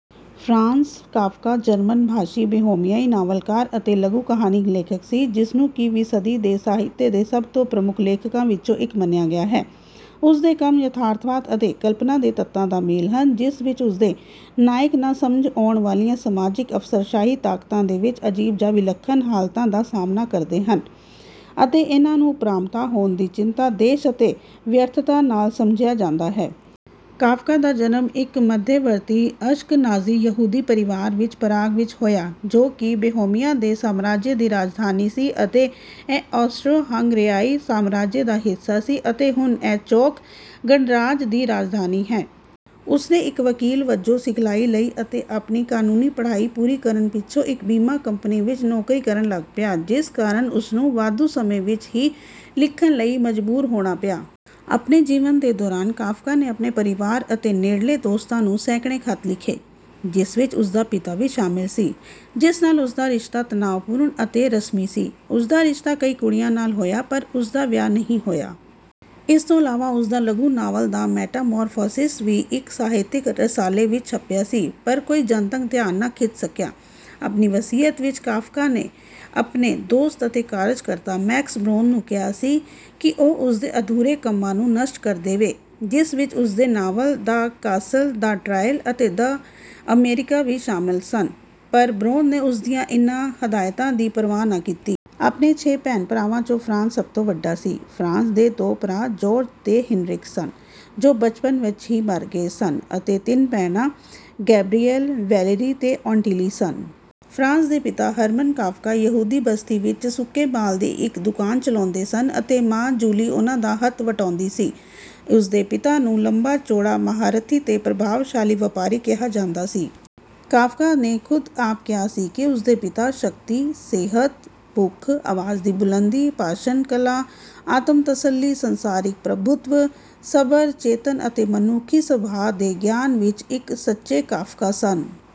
Franz Kafka German ਭਾਸ਼ੀ ਬੋਹੇਮੀਆਈ ਨਾਵਲਕਾਰ ਅਤੇ ਲਘੂ-ਕਹਾਣੀ ਲੇਖਕ ਸੀ, ਜਿਸਨੂੰ ਕਿ ਵੀ ਸਦੀ ਦੇ ਸਾਹਿਤ ਦੇ ਸਭ ਤੋਂ ਪ੍ਰਮੁੱਖ ਲੇਖਕਾਂ ਵਿੱਚੋਂ ਇੱਕ ਮੰਨਿਆ ਗਿਆ ਹੈ। ਉਸਦੇ ਕੰਮ ਯਥਾਰਥਵਾਦ ਅਤੇ ਕਲਪਨਾ ਦੇ ਤੱਤਾਂ ਦਾ ਮੇਲ ਹਨ, ਜਿਸ ਵਿੱਚ ਉਸਦੇ ਨਾਇਕ ਨਾ ਸਮਝ ਆਉਣ ਵਾਲੀਆਂ ਸਮਾਜਿਕ ਅਫ਼ਸਰਸ਼ਾਹੀ ਤਾਕਤਾਂ ਦੇ ਵਿੱਚ ਅਜੀਬ ਜਾਂ ਵਿਲੱਖਣ ਹਾਲਤਾਂ ਦਾ ਸਾਹਮਣਾ ਕਰਦੇ ਹਨ, ਅਤੇ ਇਨ੍ਹਾਂ ਨੂੰ ਉਪਰਾਮਤਾ, ਹੋਂਦ ਦੀ ਚਿੰਤਾ, ਦੋਸ਼ ਅਤੇ ਵਿਅਰਥਤਾ ਨਾਲ ਸਮਝਿਆ ਜਾਂਦਾ ਹੈ। ਕਾਫ਼ਕਾ ਦਾ ਜਨਮ ਇੱਕ ਮੱਧਵਰਤੀ ਅਸ਼ਕਨਾਜ਼ੀ ਯਹੂਦੀ ਪਰਿਵਾਰ ਵਿੱਚ ਪਰਾਗ ਵਿੱਚ ਹੋਇਆ ਜੋ ਕਿ ਬੋਹੇਮੀਆ ਦੇ ਸਾਮਰਾਜ ਦੀ ਰਾਜਧਾਨੀ ਸੀ ਅਤੇ ਇਹ ਆਸਟ੍ਰੋ-ਹੰਗਰੇਆਈ ਸਾਮਰਾਜ ਦਾ ਹਿੱਸਾ ਸੀ, ਅਤੇ ਹੁਣ ਇਹ ਚੈੱਕ ਗਣਰਾਜ ਦੀ ਰਾਜਧਾਨੀ ਹੈ। ਉਸਨੇ ਇੱਕ ਵਕੀਲ ਵੱਜੋਂ ਸਿਖਲਾਈ ਲਈ ਅਤੇ ਆਪਣੀ ਕਾਨੂੰਨੀ ਪੜ੍ਹਾਈ ਪੂਰੀ ਕਰਨ ਪਿੱਛੋਂ ਇੱਕ ਬੀਮਾ ਕੰਪਨੀ ਵਿੱਚ ਨੌਕਰੀ ਕਰਨ ਲੱਗ ਪਿਆ, ਜਿਸ ਕਾਰਨ ਉਸਨੂੰ ਵਾਧੂ ਸਮੇਂ ਵਿੱਚ ਹੀ ਲਿਖਣ ਲਈ ਮਜਬੂਰ ਹੋਣਾ ਪਿਆ। ਆਪਣੇ ਜੀਵਨ ਦੇ ਦੌਰਾਨ ਕਾਫ਼ਕਾ ਨੇ ਆਪਣੇ ਪਰਿਵਾਰ ਅਤੇ ਨੇੜਲੇ ਦੋਸਤਾਂ ਨੂੰ ਸੈਂਕੜੇ ਖ਼ਤ ਲਿਖੇ, ਜਿਸ ਵਿੱਚ ਉਸਦਾ ਪਿਤਾ ਵੀ ਸ਼ਾਮਿਲ ਸੀ, ਜਿਸ ਨਾਲ ਉਸਦਾ ਰਿਸ਼ਤਾ ਤਣਾਅਪੂਰਨ ਅਤੇ ਰਸਮੀ ਸੀ। ਉਸਦਾ ਰਿਸ਼ਤਾ ਕਈ ਕੁੜੀਆਂ ਨਾਲ ਹੋਇਆ ਪਰ ਉਸਦਾ ਵਿਆਹ ਨਹੀਂ ਹੋਇਆ। ਇਸ ਤੋਂ ਇਲਾਵਾ ਉਸਦਾ ਲਘੂ-ਨਾਵਲ ਦ ਮੈਟਾਮੌਰਫੋਸਿਸ ਵੀ ਇੱਕ ਸਾਹਿਤਿਕ ਰਸਾਲੇ ਵਿੱਚ ਛਪਿਆ ਸੀ, ਪਰ ਕੋਈ ਜਨਤਕ ਧਿਆਨ ਨਾ ਖਿੱਚ ਸਕਿਆ। ਆਪਣੀ ਵਸੀਅਤ ਵਿੱਚ ਕਾਫ਼ਕਾ ਨੇ ਆਪਣੇ ਦੋਸਤ ਅਤੇ ਕਾਰਜ-ਕਰਤਾ ਮੈਕਸ ਬਰੌਦ ਨੂੰ ਕਿਹਾ ਸੀ ਕਿ ਉਹ ਉਸਦੇ ਅਧੂਰੇ ਕੰਮਾਂ ਨੂੰ ਨਸ਼ਟ ਕਰ ਦੇਵੇ, ਜਿਸ ਵਿੱਚ ਉਸਦੇ novel The Castle, The Trial ਅਤੇ ਅਮੇਰਿਕਾ ਵੀ ਸ਼ਾਮਿਲ ਸਨ, ਪਰ ਬਰੌਦ ਨੇ ਉਸਦੀਆਂ ਇਨ੍ਹਾਂ ਹਦਾਇਤਾਂ ਦੀ ਪਰਵਾਹ ਨਾ ਕੀਤੀ। ਆਪਣੇ ਛੇ ਭੈਣ-ਭਰਾਵਾਂ 'ਚੋਂ ਫ਼ਰਾਂਜ਼ ਸਭ ਤੋਂ ਵੱਡਾ ਸੀ। ਫ਼ਰਾਂਜ਼ ਦੇ ਦੋ ਭਰਾ ਜੌਰਜ ਤੇ ਹੀਨਰਿਕ ਸਨ ਜੋ ਬਚਪਨ ਵਿੱਚ ਹੀ ਮਰ ਗਏ ਸਨ ਅਤੇ ਤਿੰਨ ਭੈਣਾਂ ਗੈਬਰੀਐਲ, ਵੈਲੇਰੀ ਤੇ ਔਟਿਲੀ ਸਨ। ਫ਼ਰਾਂਜ਼ ਦੇ ਪਿਤਾ, ਹਰਮਨ ਕਾਫ਼ਕਾ ਯਹੂਦੀ ਬਸਤੀ ਵਿੱਚ ਸੁੱਕੇ ਮਾਲ ਦੀ ਇੱਕ ਦੁਕਾਨ ਚਲਾਉਂਦੇ ਸਨ ਅਤੇ ਮਾਂ, ਜੂਲੀ ਉਹਨਾਂ ਦਾ ਹੱਥ ਵਟਾਉਂਦੀ ਸੀ। ਉਸ ਦੇ ਪਿਤਾ ਨੂੰ ਲੰਬਾ-ਚੌੜਾ, ਸਵਾਰਥੀ ਤੇ ਪ੍ਰਭਾਵਸ਼ਾਲੀ ਵਪਾਰੀ ਕਿਹਾ ਜਾਂਦਾ ਸੀ। ਕਾਫ਼ਕਾ ਨੇ ਖੁਦ ਆਪ ਕਿਹਾ ਸੀ ਕਿ ਉਸ ਦੇ ਪਿਤਾ ਸ਼ਕਤੀ, ਸਿਹਤ, ਭੁੱਖ, ਅਵਾਜ਼ ਦੀ ਬੁਲੰਦੀ, ਭਾਸ਼ਣ ਕਲਾ, ਆਤਮ-ਤਸੱਲੀ, ਸੰਸਾਰਿਕ ਪ੍ਰਭੁਤਵ, ਸਬਰ, ਚੇਤੰਨ ਅਤੇ ਮਨੁੱਖੀ ਸੁਭਾਅ ਦੇ ਗਿਆਨ ਵਿੱਚ ਇੱਕ ਸੱਚੇ ਕਾਫ਼ਕਾ ਸਨ।